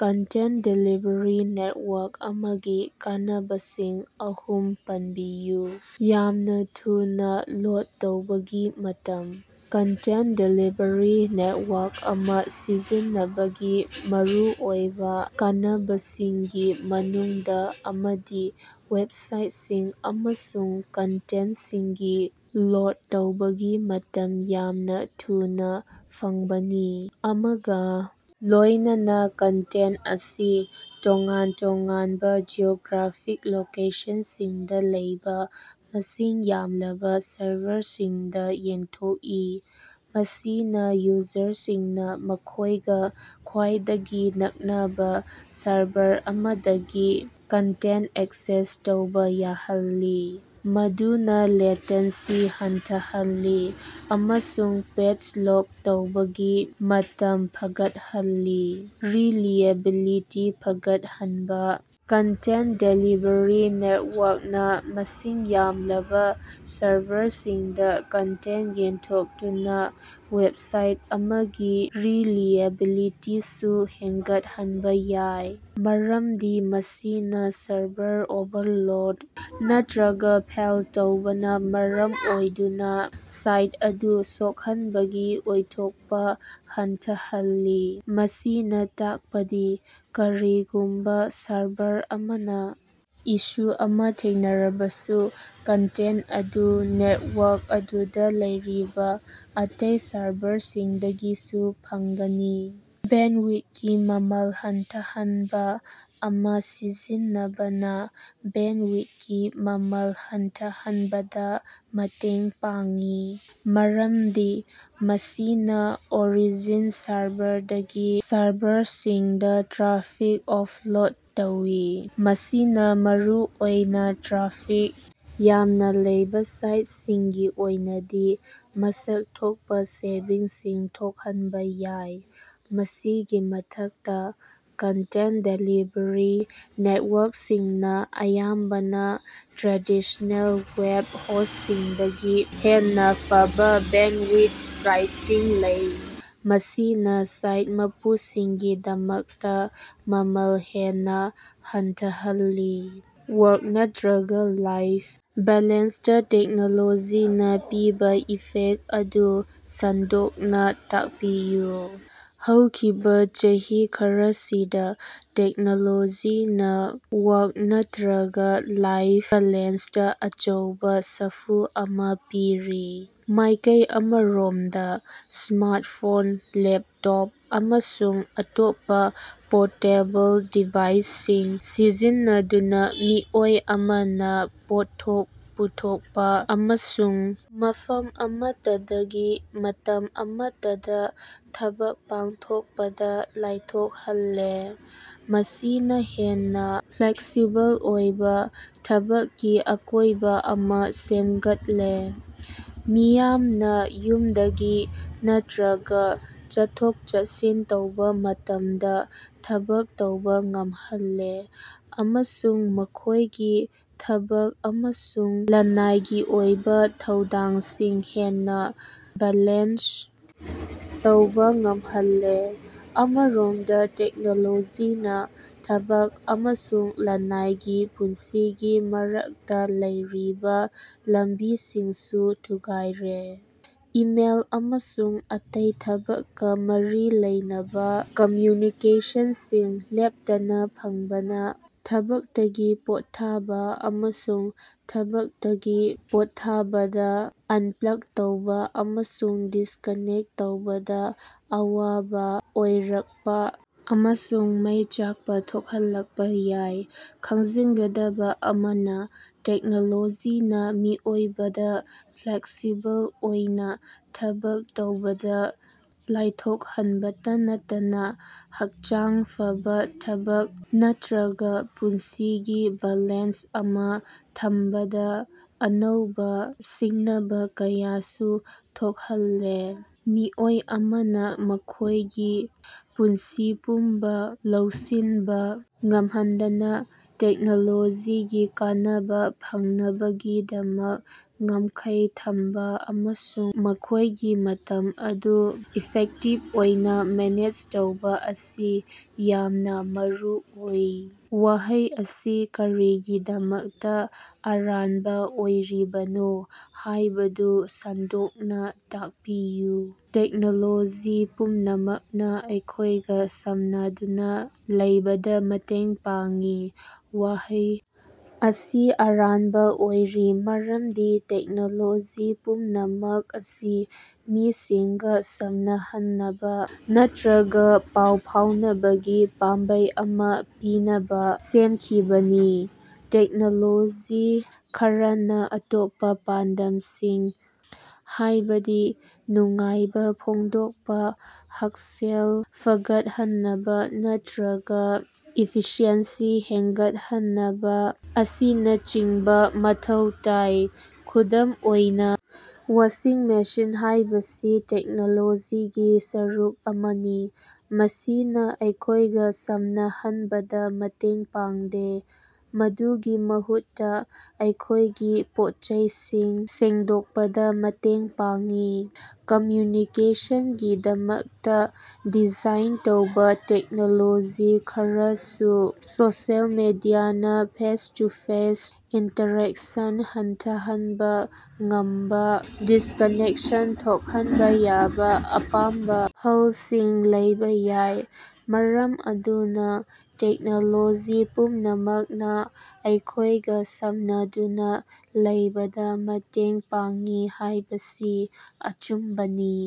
Content delivery network ꯑꯃꯒꯤ ꯀꯥꯟꯅꯕꯁꯤꯡ ꯑꯍꯨꯝ ꯄꯟꯕꯤꯌꯨ꯫ ꯌꯥꯝꯅ ꯊꯨꯅ ꯂꯣꯗ ꯇꯧꯕꯒꯤ ꯃꯇꯝ - ꯀꯟꯇꯦꯟꯇ ꯗꯦꯂꯤꯚꯔꯤ ꯅꯦꯠꯋꯥꯔꯛ ꯑꯃ ꯁꯤꯖꯤꯟꯅꯕꯒꯤ ꯃꯔꯨꯑꯣꯏꯕ ꯀꯥꯟꯅꯕꯁꯤꯡꯒꯤ ꯃꯅꯨꯡꯗ ꯑꯃꯗꯤ ꯋꯦꯕ ꯄꯦꯖꯁꯤꯡ ꯑꯃꯁꯨꯡ ꯀꯟꯇꯦꯟꯇꯁꯤꯡꯒꯤ ꯂꯣꯗ ꯇꯧꯕꯒꯤ ꯃꯇꯝ ꯌꯥꯝꯅ ꯊꯨꯅꯥ ꯐꯪꯕꯅꯤ꯫ ꯑꯃꯒ ꯂꯣꯏꯅꯅꯥ, ꯀꯟꯇꯦꯟꯇ ꯑꯁꯤ ꯇꯣꯉꯥꯟ-ꯇꯣꯉꯥꯟꯕ ꯖꯤꯑꯣꯒ꯭ꯔꯥꯐꯤꯛ ꯂꯣꯀꯦꯁꯟꯁꯤꯡꯗ ꯂꯩꯕ ꯃꯁꯤꯡ ꯌꯥꯝꯂꯕ ꯁꯔꯚꯔꯁꯤꯡꯗ ꯌꯦꯟꯊꯣꯛꯏ, ꯃꯁꯤꯅ ꯌꯨꯖꯔꯁꯤꯡꯅ ꯃꯈꯣꯏꯒ ꯈ꯭ꯋꯥꯏꯗꯒꯤ ꯅꯛꯄ ꯁꯔꯚꯔ ꯑꯃꯗꯒꯤ ꯀꯟꯇꯦꯟꯇ ꯑꯦꯛꯁꯦꯁ ꯇꯧꯕ ꯌꯥꯍꯜꯂꯤ, ꯃꯗꯨꯅ ꯂꯦꯇꯦꯟꯁꯤ ꯍꯟꯊꯍꯜꯂꯤ ꯑꯃꯁꯨꯡ ꯄꯦꯖ ꯂꯣꯗ ꯇꯧꯕꯒꯤ ꯃꯇꯝ ꯐꯒꯠꯍꯜꯂꯤ꯫ ꯔꯤꯂꯤꯑꯦꯕꯤꯂꯤꯇꯤ ꯐꯒꯠꯍꯟꯕ- ꯀꯟꯇꯦꯟꯇ ꯗꯦꯂꯤꯚꯔꯤ ꯅꯩꯠꯋꯥꯔꯛ ꯅꯥ ꯃꯁꯤꯡ ꯌꯥꯝꯂꯕꯥ ꯁꯔꯚꯔꯁꯤꯡꯗ ꯀꯟꯇꯦꯟꯇ ꯌꯦꯟꯊꯣꯛꯇꯨꯅ ꯋꯦꯕꯁꯥꯏꯠ ꯑꯃꯒꯤ ꯔꯤꯂꯤꯑꯦꯕꯤꯂꯤꯇꯤꯁꯨ ꯍꯦꯟꯒꯠꯍꯟꯕꯥ ꯌꯥꯏ, ꯃꯔꯝꯗꯤ ꯃꯁꯤꯅ ꯁꯔꯚꯔ ꯑꯣꯚꯔꯂꯣꯗ ꯅꯠꯇꯔꯒ ꯐꯦꯏꯜ ꯇꯧꯕꯅ ꯃꯔꯝ ꯑꯣꯏꯗꯨꯅ ꯁꯥꯏꯠ ꯑꯗꯨ ꯁꯣꯛꯍꯟꯕꯒꯤ ꯑꯣꯏꯊꯣꯛꯄ ꯍꯟꯊꯍꯜꯂꯤ꯫ ꯃꯁꯤꯅ ꯇꯥꯛꯄꯗꯤ ꯀꯔꯤꯒꯨꯝꯕ ꯁꯔꯚꯔ ꯑꯃꯅ ꯏꯁꯨ ꯑꯃ ꯊꯦꯡꯅꯔꯕꯁꯨ, ꯀꯟꯇꯦꯟꯇ ꯑꯗꯨ ꯅꯦꯠꯋꯥꯔꯛ ꯑꯗꯨꯗ ꯂꯩꯔꯤꯕ ꯑꯇꯩ ꯁꯔꯚꯔꯁꯤꯡꯗꯒꯤꯁꯨ ꯐꯪꯒꯅꯤ꯫ ꯕꯦꯟꯗꯋꯤꯊꯀꯤ ꯃꯃꯜ ꯍꯟꯊꯍꯟꯕ - ꯑꯃ ꯁꯤꯖꯤꯟꯅꯕꯅꯥ ꯕꯦꯟꯗꯋꯤꯊꯀꯤ ꯃꯃꯜ ꯍꯟꯊꯍꯟꯕꯗ ꯃꯇꯦꯡ ꯄꯥꯡꯏ, ꯃꯔꯝꯗꯤ ꯃꯁꯤꯅ ꯑꯣꯔꯤꯖꯤꯟ ꯁꯔꯚꯔꯗꯒꯤ ꯁꯔꯚꯔꯁꯤꯡꯗ ꯇ꯭ꯔꯥꯐꯤꯛ ꯑꯣꯐꯂꯣꯗ ꯇꯧꯏ꯫ ꯃꯁꯤꯅ ꯃꯔꯨꯑꯣꯏꯅ ꯇ꯭ꯔꯥꯐꯤꯛ ꯌꯥꯝꯅ ꯂꯩꯕ ꯁꯥꯏꯇꯁꯤꯡꯒꯤ ꯑꯣꯏꯅꯗꯤ ꯃꯁꯛ ꯊꯣꯛꯄ ꯁꯦꯚꯤꯡꯁꯤꯡ ꯊꯣꯛꯍꯟꯕ ꯌꯥꯏ꯫ ꯃꯁꯤꯒꯤ ꯃꯊꯛꯇ, ꯀꯟꯇꯦꯟꯇ ꯗꯦꯂꯤꯚꯔꯤ ꯅꯦꯠꯋꯥꯔꯛ ꯁꯤꯡꯅ ꯑꯌꯥꯝꯕꯅ ꯇ꯭ꯔꯦꯗꯤꯁꯅꯦꯜ ꯋꯦꯕ ꯍꯣꯁ꯭ꯇꯁꯤꯡꯗꯒꯤ ꯍꯦꯟꯅ ꯐꯕꯥ ꯕꯦꯟꯗꯋꯤꯊ ꯄ꯭ꯔꯥꯏꯁꯤꯡ ꯂꯩ, ꯃꯁꯤꯅ ꯁꯥꯏꯠ ꯃꯄꯨꯁꯤꯡꯒꯤꯗꯃꯛꯇ ꯃꯃꯜ ꯍꯦꯟꯅ ꯍꯟꯊꯍꯜꯂꯤ꯫ ꯋꯥꯔꯛ ꯅꯠꯇꯔꯒ ꯂꯥꯏꯐ ꯕꯦꯂꯦꯟꯁꯇꯥ ꯇꯦꯛꯅꯣꯂꯣꯖꯤꯅ ꯄꯤꯕ ꯏꯐꯦꯛꯇ ꯑꯗꯨ ꯁꯟꯗꯣꯛꯅ ꯇꯥꯛꯄꯤꯌꯨ꯫ ꯍꯧꯈꯤꯕ‌ ꯆꯍꯤ ꯈꯔꯁꯤꯗ ꯇꯦꯛꯅꯣꯂꯣꯖꯤꯅꯥ ꯋꯥꯔꯛ‌ ꯅꯠꯇꯔꯒ ꯂꯥꯏꯐ ꯕꯦꯂꯦꯟꯁꯇꯥ ꯑꯆꯧꯕ ꯁꯥꯐꯨ ꯑꯃ ꯄꯤꯔꯤ꯫ ꯃꯥꯏꯀꯩ ꯑꯃꯔꯣꯝꯗ, ꯁ꯭ꯃꯥꯔꯇꯐꯣꯟ, ꯂꯦꯞꯇꯣꯞ, ꯑꯃꯁꯨꯡ ꯑꯇꯣꯞꯄ ꯄꯣꯔꯇꯦꯕꯜ ꯗꯤꯚꯥꯏꯁꯁꯤꯡ ꯁꯤꯖꯤꯟꯅꯗꯨꯅ ꯃꯤꯑꯣꯏ ꯑꯃꯅ ꯄꯣꯠꯊꯣꯛ ꯄꯨꯊꯣꯛꯄ ꯑꯃꯁꯨꯡ ꯃꯐꯝ ꯑꯃꯠꯇꯗꯒꯤ, ꯃꯇꯝ ꯑꯃꯠꯇꯗ ꯊꯕꯛ ꯄꯥꯡꯊꯣꯛꯄꯗ ꯂꯥꯏꯊꯣꯛꯍꯜꯂꯦ꯫ ꯃꯁꯤꯅ ꯍꯦꯟꯅ ꯐ꯭ꯂꯦꯛꯁꯤꯕꯜ ꯑꯣꯏꯕ ꯊꯕꯛꯀꯤ ꯑꯀꯣꯏꯕ ꯑꯃ ꯁꯦꯝꯒꯠꯂꯦ, ꯃꯤꯌꯥꯝꯅ ꯌꯨꯝꯗꯒꯤ ꯅꯠꯇꯔꯒ ꯆꯠꯊꯣꯛ-ꯆꯠꯁꯤꯟ ꯇꯧꯕ ꯃꯇꯝꯗ ꯊꯕꯛ ꯇꯧꯕ ꯉꯝꯍꯜꯂꯦ ꯑꯃꯁꯨꯡ ꯃꯈꯣꯏꯒꯤ ꯊꯕꯛ ꯑꯃꯁꯨꯡ ꯂ꯭ꯅꯥꯏꯒꯤ ꯑꯣꯏꯕ ꯊꯧꯗꯥꯡꯁꯤꯡ ꯍꯦꯟꯅ ꯕꯦꯂꯦꯟꯁ ꯇꯧꯕ ꯉꯝꯍꯜꯂꯦ꯫ ꯑꯃꯔꯣꯝꯗ ꯇꯦꯛꯅꯣꯂꯣꯖꯤꯅ ꯊꯕꯛ ꯑꯃꯁꯨꯡ ꯂ꯭ꯅꯥꯏꯒꯤ ꯄꯨꯟꯁꯤꯒꯤ ꯃꯔꯛꯇ ꯂꯩꯔꯤꯕ ꯂꯝꯕꯤꯁꯤꯡꯁꯨ ꯊꯨꯒꯥꯏꯔꯦ꯫ ꯏꯃꯦꯏꯜ ꯑꯃꯁꯨꯡ ꯑꯇꯩ ꯊꯕꯛꯀ‌ ꯃꯔꯤ ꯂꯩꯅꯕ ꯀꯝꯃ꯭ꯌꯨꯅꯤꯀꯦꯁꯟꯁꯤꯡ ꯂꯦꯞꯇꯅꯥ ꯐꯪꯕꯅ, ꯊꯕꯛꯇꯒꯤ ꯄꯣꯠꯊꯥꯕ ꯑꯃꯁꯨꯡ ꯊꯕꯛꯇꯒꯤ ꯄꯣꯠꯊꯥꯕꯗꯥ ꯑꯟꯄ꯭ꯂꯛ ꯇꯧꯕ ꯑꯃꯁꯨꯡ ꯗꯤꯁꯀꯥꯅꯦꯛꯇ ꯇꯧꯕꯗ ꯑꯋꯥꯕ ꯑꯣꯏꯔꯛꯄ ꯑꯃꯁꯨꯡ ꯃꯩ ꯆꯥꯛꯄ ꯊꯣꯛꯍꯜꯂꯛꯄ ꯌꯥꯏ꯫ ꯈꯪꯖꯤꯟꯒꯗꯕ ꯑꯃꯅ, ꯇꯦꯛꯅꯣꯂꯣꯖꯤꯅ ꯃꯤꯑꯣꯏꯕꯗ ꯐ꯭ꯂꯦꯛꯁꯤꯕꯜ ꯑꯣꯏꯅ ꯊꯕꯛ ꯇꯧꯕꯗ ꯂꯥꯏꯊꯣꯛꯍꯟꯕꯇꯥ ꯅꯠꯇꯅꯥ ꯍꯛꯆꯥꯡ ꯐꯕꯥ ꯊꯕꯛ ꯅꯠꯇꯔꯒ ꯄꯨꯟꯁꯤꯒꯤ ꯕꯦꯂꯦꯟꯁ ꯑꯃ ꯊꯝꯕꯗ ꯑꯅꯧꯕ ꯁꯤꯡꯅꯕ ꯀꯌꯥꯁꯨ ꯊꯣꯛꯍꯜꯂꯦ꯫ ꯃꯤꯑꯣꯏ ꯑꯃꯅ ꯃꯈꯣꯏꯒꯤ ꯄꯨꯟꯁꯤ ꯄꯨꯝꯕ ꯂꯧꯁꯤꯟꯕ ꯉꯝꯍꯟꯗꯅꯥ ꯇꯦꯛꯅꯣꯂꯣꯖꯤꯒꯤ ꯀꯥꯟꯅꯕ ꯐꯪꯅꯕꯒꯤꯗꯃꯛ ꯉꯝꯈꯩ ꯊꯝꯕ ꯑꯃꯁꯨꯡ ꯃꯈꯣꯏꯒꯤ ꯃꯇꯝ ꯑꯗꯨ ꯏꯐꯦꯛꯇꯤꯕ ꯑꯣꯏꯅ ꯃꯦꯅꯦꯖ ꯇꯧꯕ ꯑꯁꯤ ꯌꯥꯝꯅ ꯃꯔꯨꯑꯣꯏ꯫ ꯋꯥꯍꯩ ꯑꯁꯤ ꯀꯔꯤꯒꯤꯗꯃꯛꯇ ꯑꯔꯥꯟꯕ ꯑꯣꯏꯔꯤꯕꯅꯣ ꯍꯥꯏꯕꯗꯨ ꯁꯟꯗꯣꯛꯅ ꯇꯥꯛꯄꯤꯌꯨ꯫ ꯇꯦꯛꯅꯣꯂꯣꯖꯤ ꯄꯨꯝꯅꯃꯛꯅ ꯑꯩꯈꯣꯏꯒ ꯁꯝꯅꯗꯨꯅꯥ ꯂꯩꯕꯗ ꯃꯇꯦꯡ ꯄꯥꯡꯏ꯫ ꯋꯥꯍꯩ ꯑꯁꯤ ꯑꯔꯥꯟꯕ ꯑꯣꯏꯔꯤ ꯃꯔꯝꯗꯤ ꯇꯦꯛꯅꯣꯂꯣꯖꯤ ꯄꯨꯝꯅꯃꯛ ꯑꯁꯤ ꯃꯤꯁꯤꯡꯒ ꯁꯝꯅꯍꯟꯅꯕ ꯅꯠꯇꯔꯒ ꯄꯥꯎ ꯐꯥꯎꯅꯕꯒꯤ ꯄꯥꯝꯕꯩ ꯑꯃꯥ ꯄꯤꯅꯕꯥ ꯁꯦꯝꯈꯤꯕꯅꯤ꯫ ꯇꯦꯛꯅꯣꯂꯣꯖꯤ ꯈꯔꯅꯥ ꯑꯇꯣꯞꯄ ꯄꯥꯟꯗꯝꯁꯤꯡ ꯍꯥꯏꯕꯗꯤ ꯅꯨꯡꯉꯥꯏꯕ ꯐꯣꯡꯗꯣꯛꯄ, ꯍꯛꯁꯦꯜ ꯐꯒꯠꯍꯟꯕ ꯅꯠꯇꯔꯒ ꯏꯐꯤꯁꯤꯑꯦꯟꯁꯤ ꯍꯦꯟꯒꯠꯍꯟꯕ ꯑꯁꯤꯅꯆꯤꯡꯕ ꯃꯊꯧ ꯇꯧꯏ꯫ ꯈꯨꯗꯝ ꯑꯣꯏꯅ, ꯋꯥꯁꯤꯡ ꯃꯦꯁꯤꯟ ꯍꯥꯏꯕꯁꯤ ꯇꯦꯛꯅꯣꯂꯣꯖꯤꯒꯤ ꯁꯔꯨꯛ ꯑꯃꯅꯤ, ꯃꯁꯤꯅ ꯑꯩꯈꯣꯏꯒ ꯁꯝꯅꯍꯟꯕꯗꯥ ꯃꯇꯦꯡ ꯄꯥꯡꯗꯦ, ꯃꯗꯨꯒꯤ ꯃꯍꯨꯠꯇ ꯑꯩꯈꯣꯏꯒꯤ ꯄꯣꯠꯆꯩꯁꯤꯡ ꯁꯦꯡꯗꯣꯛꯄꯗ ꯃꯇꯦꯡ ꯄꯥꯡꯏ꯫ ꯀꯝꯃ꯭ꯌꯨꯅꯤꯀꯦꯁꯟꯒꯤꯗꯃꯛꯇ ꯗꯤꯖꯥꯏꯟ ꯇꯧꯔꯕꯥ ꯇꯦꯛꯅꯣꯂꯣꯖꯤ ꯈꯔꯗꯁꯨ, ꯁꯣꯁꯤꯑꯦꯜ ꯃꯤꯗꯤꯌꯥꯅꯥ ꯐꯦꯁ-ꯇꯨ-ꯐꯦꯁ ꯏꯟꯇꯔꯦꯛꯁꯟ ꯍꯟꯊꯍꯟꯕ ꯉꯝꯕꯥ, ꯗꯤꯁꯀꯥꯅꯦꯛꯁꯟ ꯊꯣꯛꯍꯟꯕ ꯌꯥꯕ ꯑꯄꯥꯝꯕ ꯐꯜꯁꯤꯡ ꯂꯩꯕ ꯌꯥꯏ꯫ ꯃꯔꯝ ꯑꯗꯨꯅ ꯇꯦꯛꯅꯣꯂꯣꯖꯤ ꯄꯨꯝꯅꯃꯛꯅ ꯑꯩꯈꯣꯏꯒ ꯁꯝꯅꯗꯨꯅ ꯂꯩꯕꯗ ꯃꯇꯦꯡ ꯄꯥꯡꯏ ꯍꯥꯏꯕꯁꯤ ꯑꯆꯨꯝꯕꯅꯤ꯫